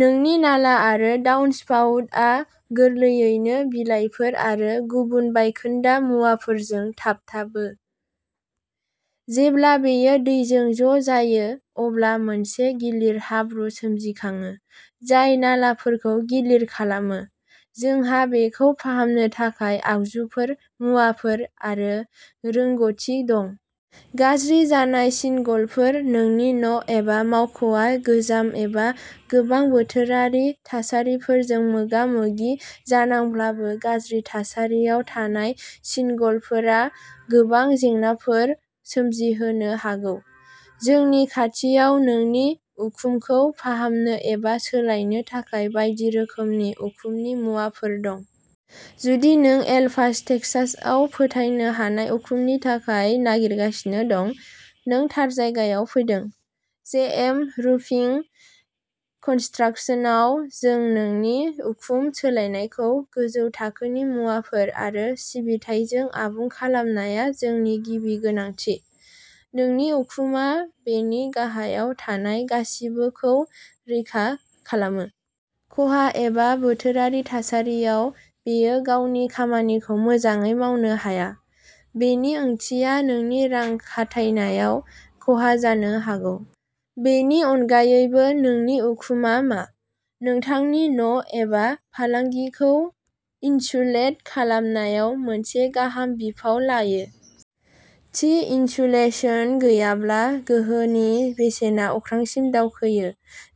नोंनि नाला आरो डाउनस्पाउटआ गोरलैयैनो बिलाइफोर आरो गुबुन बायखोन्दा मुवाफोरजों थाबथाबो। जेब्ला बेयो दैजों ज' जायो, अब्ला मोनसे गिलिर हाब्रु सोमजिखाङो, जाय नालाफोरखौ गिलिर खालामो। जोंहा बेखौ फाहामनो थाखाय आगजुफोर, मुवाफोर आरो रोंग'थि दं। गाज्रि जानाय सिनगलफोर नोंनि न' एबा मावख'आ गोजाम एबा गोबां बोथोरारि थासारिफोरजों मोगा-मोगि जानांब्लाबो गाज्रि थासारियाव थानाय सिनगलफोरा गोबां जेंनाफोर सोमजिहोनो हागौ। जोंनि खाथियाव नोंनि उखुमखौ फाहामनो एबा सोलायनो थाखाय बायदि रोखोमनि उखुमनि मुवाफोर दं। जुदि नों एल पास टेक्सासआव फोथायनो हानाय उखुमनि थाखाय नागिरगासिनो दं। नों थार जायगायाव फैदों। जेएम रुफिं कन्सट्रक्सनआव जों नोंनि उखुम सोलायनायखौ गोजौ थाखोनि मुवाफोर आरो सिबिथाइजों आबुं खालामनाया जोंनि गिबि गोनांथि। नोंनि उखुमआ बेनि गाहायाव थानाय गासिबोखौ रैखा खालामो। खहा एबा बोथोरारि थासारियाव, बेयो गावनि खामानिखौ मोजाङै मावनो हाया। बेनि ओंथिया नोंनि रां खाथायनायाव खहा जानो हागौ। बेनि अनगायैबो नोंनि उखुमआ मा? नोंथांनि न' एबा फालांगिखौ इनसुलेट खालामनायाव मोनसे गाहाय बिफाव लायो। थि इनसुलेशन गैयाब्ला, गोहोनि बेसेना अख्रांसिम दावखोयो।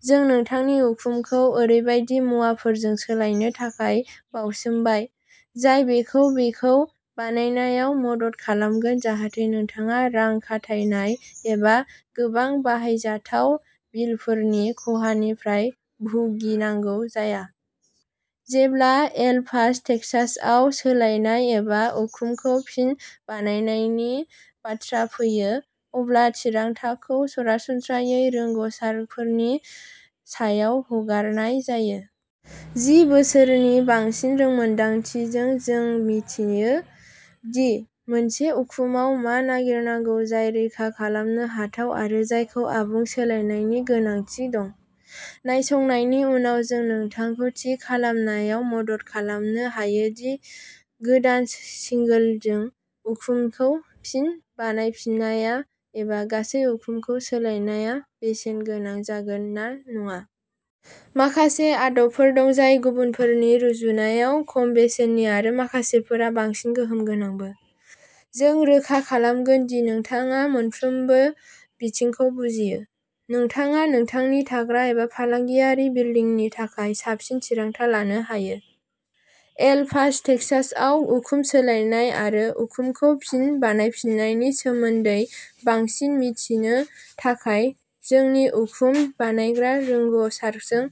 जों नोंथांनि उखुमखौ ओरैबायदि मुवाफोरजों सोलायनो थाखाय बाउसोमबाय, जाय बेखौ बेखौ बानायनायाव मदद खालामगोन जाहाथे नोंथाङा रां खाथायनाय एबा गोबां बाहायजाथाव बिलफोरनि खहानिफ्राय भुगिनांगौ जाया। जेब्ला एल पास'टेक्सासआव सोलायनाय एबा उखुमखौ फिन बानायनायनि बाथ्रा फैयो, अब्ला थिरांथाखौ सरासनस्रायै रोंग'सारफोरनि सायाव हगारनाय जायो। जि बोसोरनि बांसिन रोंमोन्दांथिजों, जों मिथियो दि मोनसे उखुमआव मा नागिरनांगौ जाय रैखा खालामनो हाथाव आरो जायखौ आबुं सोलायनायनि गोनांथि दं। नायसंनायनि उनाव, जों नोंथांखौ थि खालामनायाव मदद खालामनो हायो दि गोदान सिंगोलजों उखुमखौ फिन बानायफिननाया एबा गासै उखुमखौ सोलायनाया बेसेन गोनां जागोन ना नङा। माखासे आदबफोर दं जाय गुबुनफोरनि रुजुनायाव खम बेसेननि आरो माखासेफोरा बांसिन गोहोम गोनांबो। जों रोखा खालामगोन दि नोंथाङा मोनफ्रोमबो बिथिंखौ बुजियो। नोंथाङा नोंथांनि थाग्रा एबा फालांगियारि बिलदिंनि थाखाय साबसिन थिरांथा लानो हायो। एल पास'टेक्सासआव उखुम सोलायनाय आरो उखुमखौ फिन बानायफिन्नायनि सोमोन्दै बांसिन मिथिनो थाखाय, जोंनि उखुम बानायग्रा रोंग'सारजों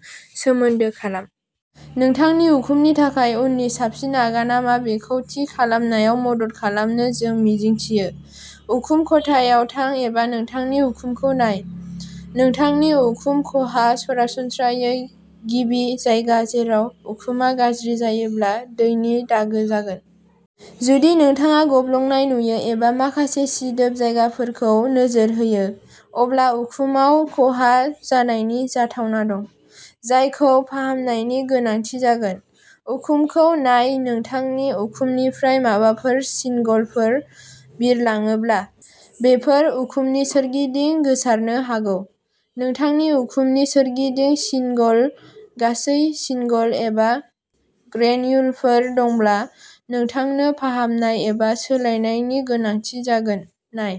सोमोन्दो खालाम। नोंथांनि उखुमनि थाखाय उननि साबसिन आगानआ मा बेखौ थि खालामनायाव मदद खालामनो जों मिजिंथियो। उखुम खथायाव थां एबा नोंथांनि उखुमखौ नाय। नोंथांनि उखुम ख'हा सरासनस्रायै गिबि जायगा जेराव उखुमआ गाज्रि जायोब्ला दैनि दागो जागोन। जुदि नोंथाङा गब्लंनाय नुयो एबा माखासे सिदोब जायगाफोरखौ नोजोर होयो, अब्ला उखुमाव खहा जानायनि जाथावना दं। जायखौ फाहामनायनि गोनांथि जागोन। उखुमखौ नाय नोंथांनि उखुमनिफ्राय माबाफोर सिनगलफोर बिरलाङोब्ला, बेफोर उखुमनि सोरगिदिं गोसारनो हागौ। नोंथांनि उखुमनि सोरगिदिं सिनगल, गासै सिनगल एबा ग्रेनयुलफोर दंब्ला, नोंथांनो फाहामनाय एबा सोलायनायनि गोनांथि जागोन। नाय।